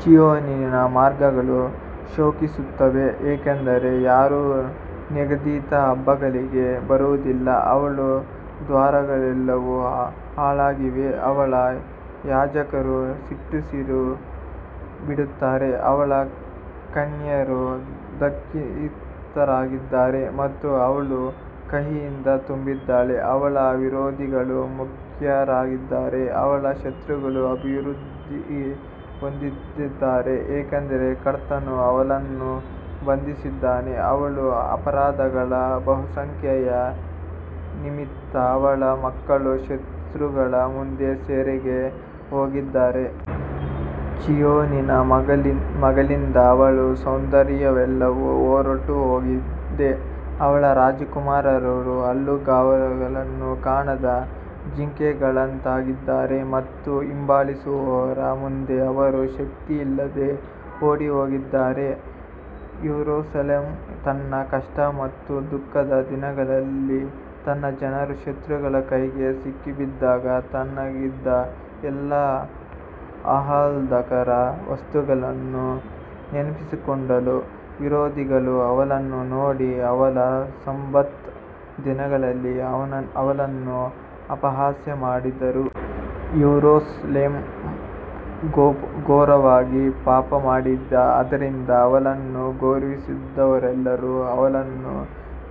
ಚೀಯೋನಿನ ಮಾರ್ಗಗಳು ಶೋಕಿಸುತ್ತವೆ, ಏಕೆಂದರೆ ಯಾರೂ ನಿಗದಿತ ಹಬ್ಬಗಳಿಗೆ ಬರುವುದಿಲ್ಲ, ಅವಳ ದ್ವಾರಗಳೆಲ್ಲವೂ ಹಾಳಾಗಿವೆ, ಅವಳ ಯಾಜಕರು ನಿಟ್ಟುಸಿರು ಬಿಡುತ್ತಾರೆ, ಅವಳ ಕನ್ಯೆಯರು ದುಃಖಿತರಾಗಿದ್ದಾರೆ ಮತ್ತು ಅವಳು ಕಹಿಯಿಂದ ತುಂಬಿದ್ದಾಳೆ. ಅವಳ ವಿರೋಧಿಗಳು ಮುಖ್ಯರಾಗಿದ್ದಾರೆ, ಅವಳ ಶತ್ರುಗಳು ಅಭಿವೃದ್ಧಿ ಹೊಂದುತ್ತಿದ್ದಾರೆ, ಏಕೆಂದರೆ ಕರ್ತನು ಅವಳನ್ನು ಬಾಧಿಸಿದ್ದಾನೆ, ಅವಳ ಅಪರಾಧಗಳ ಬಹುಸಂಖ್ಯೆಯ ನಿಮಿತ್ತ ಅವಳ ಮಕ್ಕಳು ಶತ್ರುಗಳ ಮುಂದೆ ಸೆರೆಗೆ ಹೋಗಿದ್ದಾರೆ. ಚೀಯೋನಿನ ಮಗಳಿಂದ ಅವಳ ಸೌಂದರ್ಯವೆಲ್ಲವೂ ಹೊರಟುಹೋಗಿದೆ, ಅವಳ ರಾಜಕುಮಾರರು ಹುಲ್ಲುಗಾವಲನ್ನು ಕಾಣದ ಜಿಂಕೆಗಳಂತಾಗಿದ್ದಾರೆ ಮತ್ತು ಹಿಂಬಾಲಿಸುವವರ ಮುಂದೆ ಅವರು ಶಕ್ತಿಯಿಲ್ಲದೆ ಓಡಿಹೋಗಿದ್ದಾರೆ. ಯೆರೂಸಲೇಮ್ ತನ್ನ ಕಷ್ಟ ಮತ್ತು ದುಃಖದ ದಿನಗಳಲ್ಲಿ ತನ್ನ ಜನರು ಶತ್ರುಗಳ ಕೈಗೆ ಸಿಕ್ಕಿಬಿದ್ದಾಗ ತನಗಿದ್ದ ಎಲ್ಲಾ ಆಹ್ಲಾದಕರ ವಸ್ತುಗಳನ್ನು ನೆನಪಿಸಿಕೊಂಡಳು, ವಿರೋಧಿಗಳು ಅವಳನ್ನು ನೋಡಿ ಅವಳ ಸಬ್ಬತ್ ದಿನಗಳಲ್ಲಿ ಅವಳನ್ನು ಅಪಹಾಸ್ಯ ಮಾಡಿದರು. ಯೆರೂಸಲೇಮ್ ಘೋರವಾಗಿ ಪಾಪಮಾಡಿದೆ, ಆದ್ದರಿಂದ ಅವಳನ್ನು ಗೌರವಿಸಿದವರೆಲ್ಲರೂ ಅವಳನ್ನು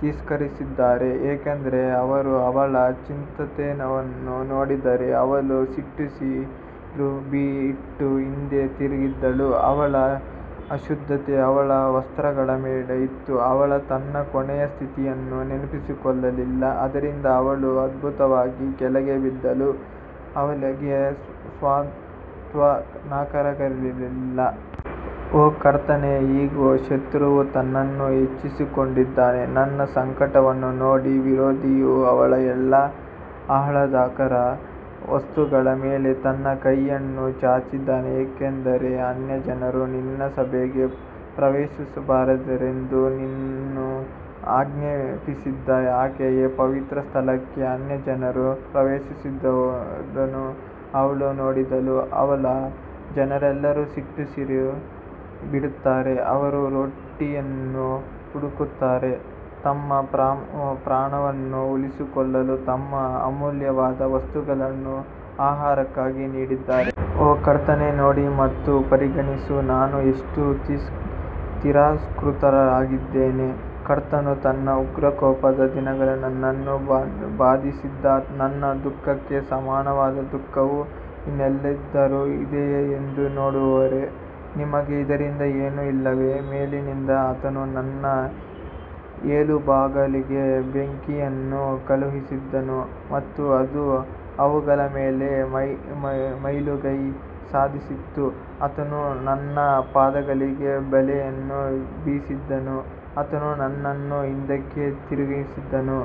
ತಿರಸ್ಕರಿಸಿದ್ದಾರೆ, ಏಕೆಂದರೆ ಅವರು ಅವಳ ಬೆತ್ತಲೆತನವನ್ನು ನೋಡಿದ್ದಾರೆ, ಅವಳು ನಿಟ್ಟುಸಿರು ಬಿಟ್ಟು ಹಿಂದೆ ತಿರುಗಿದಳು, ಅವಳ ಅಶುದ್ಧತೆ ಅವಳ ವಸ್ತ್ರಗಳ ಮೇಲೆ ಇತ್ತು, ಅವಳು ತನ್ನ ಕೊನೆಯ ಸ್ಥಿತಿಯನ್ನು ನೆನಪಿಸಿಕೊಳ್ಳಲಿಲ್ಲ, ಆದ್ದರಿಂದ ಅವಳು ಅದ್ಭುತವಾಗಿ ಕೆಳಗೆ ಬಿದ್ದಳು, ಅವಳಿಗೆ ಸಾಂತ್ವನಕಾರರಿರಲಿಲ್ಲ. ಓ ಕರ್ತನೇ, ಇಗೋ, ಶತ್ರುವು ತನ್ನನ್ನು ಹೆಚ್ಚಿಸಿಕೊಂಡಿದ್ದಾನೆ. ನನ್ನ ಸಂಕಟವನ್ನು ನೋಡಿ, ವಿರೋಧಿಯು ಅವಳ ಎಲ್ಲಾ ಆಹ್ಲಾದಕರ ವಸ್ತುಗಳ ಮೇಲೆ ತನ್ನ ಕೈಯನ್ನು ಚಾಚಿದ್ದಾನೆ, ಏಕೆಂದರೆ ಅನ್ಯಜನರು ನಿನ್ನ ಸಭೆಗೆ ಪ್ರವೇಶಿಸಬಾರದೆಂದು ನೀನು ಆಜ್ಞಾಪಿಸಿದ ಆಕೆಯ ಪವಿತ್ರಸ್ಥಳಕ್ಕೆ ಅನ್ಯಜನರು ಪ್ರವೇಶಿಸಿರುವುದನ್ನು ಅವಳು ನೋಡಿದಳು. ಅವಳ ಜನರೆಲ್ಲರೂ ನಿಟ್ಟುಸಿರು ಬಿಡುತ್ತಾರೆ, ಅವರು ರೊಟ್ಟಿಯನ್ನು ಹುಡುಕುತ್ತಾರೆ, ತಮ್ಮ ಪ್ರಾಣವನ್ನು ಉಳಿಸಿಕೊಳ್ಳಲು ತಮ್ಮ ಅಮೂಲ್ಯವಾದ ವಸ್ತುಗಳನ್ನು ಆಹಾರಕ್ಕಾಗಿ ನೀಡಿದ್ದಾರೆ. ಓ ಕರ್ತನೇ, ನೋಡಿ ಮತ್ತು ಪರಿಗಣಿಸು, ನಾನು ಎಷ್ಟು ತಿರಸ್ಕೃತಳಾಗಿದ್ದೇನೆ. ಕರ್ತನು ತನ್ನ ಉಗ್ರಕೋಪದ ದಿನದಲ್ಲಿ ನನ್ನನ್ನು ಬಾಧಿಸಿದ ನನ್ನ ದುಃಖಕ್ಕೆ ಸಮಾನವಾದ ದುಃಖವು ಇನ್ನೆಲ್ಲಾದರೂ ಇದೆಯೇ ಎಂದು ನೋಡುವವರೇ, ನಿಮಗೆ ಇದರಿಂದ ಏನೂ ಇಲ್ಲವೇ? ಮೇಲಿನಿಂದ ಆತನು ನನ್ನ ಎಲುಬುಗಳಿಗೆ ಬೆಂಕಿಯನ್ನು ಕಳುಹಿಸಿದನು ಮತ್ತು ಅದು ಅವುಗಳ ಮೇಲೆ ಮೇಲುಗೈ ಸಾಧಿಸಿತು, ಆತನು ನನ್ನ ಪಾದಗಳಿಗೆ ಬಲೆಯನ್ನು ಬೀಸಿದನು, ಆತನು ನನ್ನನ್ನು ಹಿಂದಕ್ಕೆ ತಿರುಗಿಸಿದನು,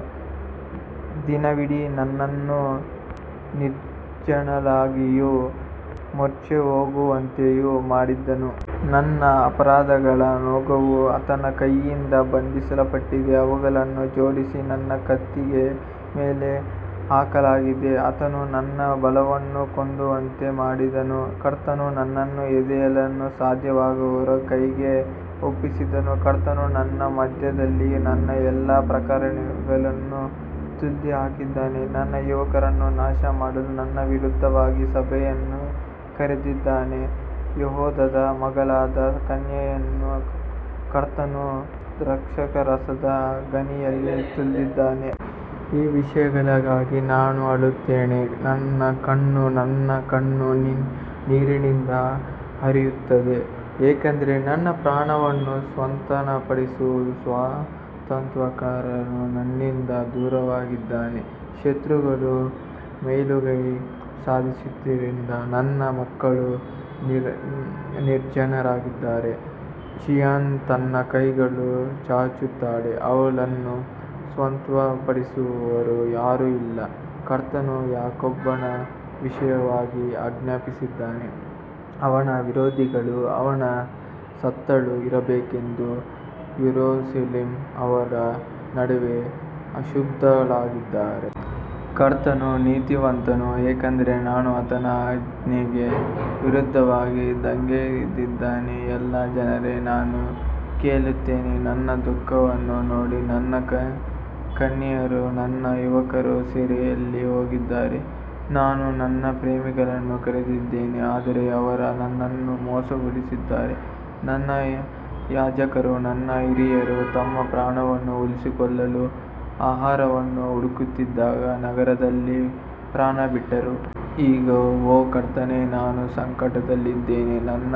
ದಿನವಿಡೀ ನನ್ನನ್ನು ನಿರ್ಜನಳಾಗಿಯೂ ಮೂರ್ಛೆಹೋಗುವಂತೆಯೂ ಮಾಡಿದನು. ನನ್ನ ಅಪರಾಧಗಳ ನೊಗವು ಆತನ ಕೈಯಿಂದ ಬಂಧಿಸಲ್ಪಟ್ಟಿದೆ, ಅವುಗಳನ್ನು ಜೋಡಿಸಿ ನನ್ನ ಕುತ್ತಿಗೆಯ ಮೇಲೆ ಹಾಕಲಾಗಿದೆ, ಆತನು ನನ್ನ ಬಲವನ್ನು ಕುಂದುವಂತೆ ಮಾಡಿದನು, ಕರ್ತನು ನನ್ನನ್ನು ಎದ್ದೇಳಲು ಸಾಧ್ಯವಾಗದವರ ಕೈಗೆ ಒಪ್ಪಿಸಿದನು. ಕರ್ತನು ನನ್ನ ಮಧ್ಯದಲ್ಲಿದ್ದ ನನ್ನ ಎಲ್ಲಾ ಪರಾಕ್ರಮಿಗಳನ್ನು ತುಳಿದುಹಾಕಿದ್ದಾನೆ, ನನ್ನ ಯುವಕರನ್ನು ನಾಶಮಾಡಲು ನನ್ನ ವಿರುದ್ಧವಾಗಿ ಸಭೆಯನ್ನು ಕರೆದಿದ್ದಾನೆ, ಯೆಹೂದದ ಮಗಳಾದ ಕನ್ಯೆಯನ್ನು ಕರ್ತನು ದ್ರಾಕ್ಷಾರಸದ ಗಾಣಿಯಲ್ಲಿ ತುಳಿದಿದ್ದಾನೆ. ಈ ವಿಷಯಗಳಿಗಾಗಿ ನಾನು ಅಳುತ್ತೇನೆ, ನನ್ನ ಕಣ್ಣು, ನನ್ನ ಕಣ್ಣು ನೀರಿನಿಂದ ಹರಿಯುತ್ತದೆ, ಏಕೆಂದರೆ ನನ್ನ ಪ್ರಾಣವನ್ನು ಸಾಂತ್ವನಪಡಿಸುವ ಸಾಂತ್ವನಕಾರನು ನನ್ನಿಂದ ದೂರವಾಗಿದ್ದಾನೆ, ಶತ್ರುಗಳು ಮೇಲುಗೈ ಸಾಧಿಸಿದ್ದರಿಂದ ನನ್ನ ಮಕ್ಕಳು ನಿರ್ಜನರಾಗಿದ್ದಾರೆ. ಚೀಯೋನ್ ತನ್ನ ಕೈಗಳನ್ನು ಚಾಚುತ್ತಾಳೆ, ಅವಳನ್ನು ಸಾಂತ್ವನಪಡಿಸುವವರು ಯಾರೂ ಇಲ್ಲ. ಕರ್ತನು ಯಾಕೋಬನ ವಿಷಯವಾಗಿ ಆಜ್ಞಾಪಿಸಿದ್ದಾನೆ, ಅವನ ವಿರೋಧಿಗಳು ಅವನ ಸುತ್ತಲೂ ಇರಬೇಕೆಂದು, ಯೆರೂಸಲೇಮ್ ಅವರ ನಡುವೆ ಅಶುದ್ಧಳಾಗಿದ್ದಾಳೆ. ಕರ್ತನು ನೀತಿವಂತನು, ಏಕೆಂದರೆ ನಾನು ಆತನ ಆಜ್ಞೆಗೆ ವಿರುದ್ಧವಾಗಿ ದಂಗೆಯೆದ್ದಿದ್ದೇನೆ. ಎಲ್ಲಾ ಜನರೇ, ನಾನು ಕೇಳುತ್ತೇನೆ, ನನ್ನ ದುಃಖವನ್ನು ನೋಡಿ, ನನ್ನ ಕನ್ಯೆಯರೂ ನನ್ನ ಯುವಕರೂ ಸೆರೆಯಲ್ಲಿ ಹೋಗಿದ್ದಾರೆ. ನಾನು ನನ್ನ ಪ್ರೇಮಿಗಳನ್ನು ಕರೆದಿದ್ದೇನೆ, ಆದರೆ ಅವರು ನನ್ನನ್ನು ಮೋಸಗೊಳಿಸಿದ್ದಾರೆ. ನನ್ನ ಯಾಜಕರೂ ನನ್ನ ಹಿರಿಯರೂ ತಮ್ಮ ಪ್ರಾಣವನ್ನು ಉಳಿಸಿಕೊಳ್ಳಲು ಆಹಾರವನ್ನು ಹುಡುಕುತ್ತಿದ್ದಾಗ ನಗರದಲ್ಲಿ ಪ್ರಾಣಬಿಟ್ಟರು. ಇಗೋ, ಓ ಕರ್ತನೇ, ನಾನು ಸಂಕಟದಲ್ಲಿದ್ದೇನೆ, ನನ್ನ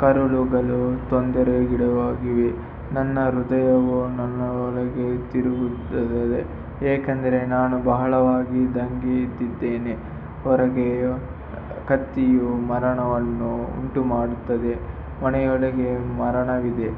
ಕರುಳುಗಳು ತೊಂದರೆಗೀಡಾಗಿವೆ, ನನ್ನ ಹೃದಯವು ನನ್ನೊಳಗೆ ತಿರುಗುತ್ತಿದೆ, ಏಕೆಂದರೆ ನಾನು ಬಹಳವಾಗಿ ದಂಗೆಯೆದ್ದಿದ್ದೇನೆ. ಹೊರಗೆ ಕತ್ತಿಯು ಮರಣವನ್ನು ಉಂಟುಮಾಡುತ್ತದೆ, ಮನೆಯೊಳಗೆ ಮರಣವಿದೆ.